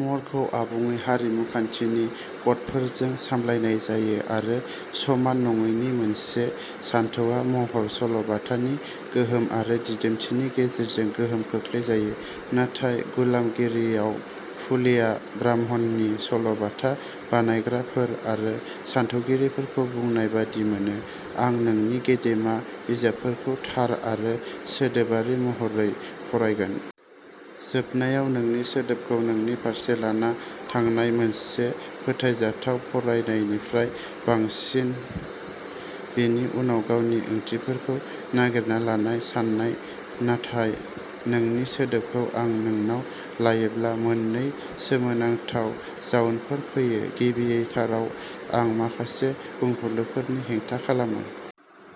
महरखौ आबुङै "हारिमु खान्थि" नि कडफोरजों सामलायनाय जायो आरो समान नङैनि मोनसे सानथौआ महर/सल'बाथा नि गोहो आरो दिदोमथिनि गेजेरजों गोहोम खोख्लैजायो। नाथाय गुलामगिरियाव फुलेया ब्राह्मणनि सल'बाथा बानायग्राफोर आरो सानथौगिरिफोरखौ बुंनाय बादि मोनोः "आं नोंनि गेदेमा बिजाबफोरखौ थार आरो सोदोबारि महरै फरायगोन। जोबनायाव, नोंनि सोदोबखौ नोंनि फारसे लाना थांनाया मोनसे फोथायजाथाव फरायनायनिख्रुइ बांसिन बेनि उनाव गावनि ओंथिफोरखौ नागिरना लानाय सान्नाय। नाथाय नोंनि सोदोबखौ आं नोंनाव लायोब्ला, मोननै सोमोनांथाव जाउनफोर फैयो। गिबिथाराव, आं माखासे बुंफुरलुनि हेंथा खालामो।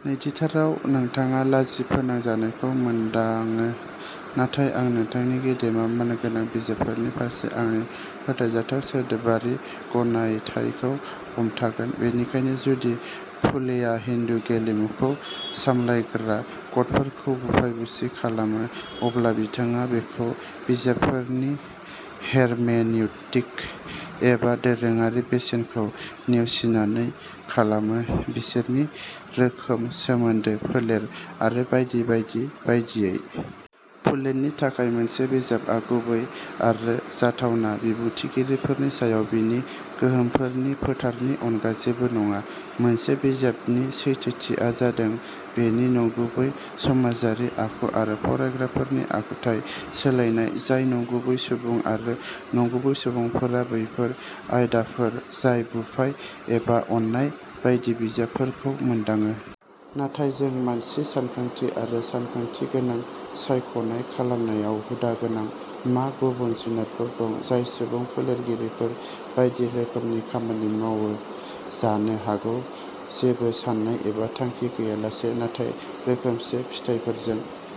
नैथिथाराव, नोंथाङा लाजि फोनांजानायखौ मोनदाङो। नाथाय आं नोंथांनि गेदेमा मानगोनां बिजाबफोरनि फारसे आंनि फोथायजाथाव सोदोबारि गथायनायखौ हमथागोन। बेनिखायनो, जुदि फुलेया हिन्दु "गेलेमु" खौ सामलायग्रा कडफोरखौ बुफाय-बुसि खालामो, अब्ला बिथाङा बेखौ बिजाबफोरनि हेरमेनिउटिक एबा दोरोङारि "बेसेन" खौ नेवसिनानै खालामो, बिसोरनि रोखोम, सोमोन्दो, फोलेर आरो बायदि बायदि बायदियै। फुलेनि थाखाय, मोनसे बिजाबआ गुबै आरो जाथावना बिबुंथिगिरिफोरनि सायाव बेनि गोहोमफोरनि फोथारनि अनगा जेबो नङा। मोनसे बिजाबनि सैथोथिया जादों बेनि नंगुबै समाजारि आखु आरो फरायग्राफोरनि आखुथाय सोलायनाय जाय नंगुबै सुबुं; आरो नंगुबै सुबुंफोरा बैफोर आयदाफोर जाय बुफाय एबा अननाय बायदि बिजाबफोरखौ मोनदाङो। नाथाय जों मानसि, सानथांखि आरो सानथांखि गोनां सायख'नाय खालामनायाव हुदा गोनां। मा गुबुन जुनारफोर दं जाय सुबुं फोलेरगिरिफोर बायदि रोखोमसे खामानि मावो, जानो हागौ जेबो सान्नाय एबा थांखि गैयालासे नाथाय रोखोमसे फिथायफोरजों?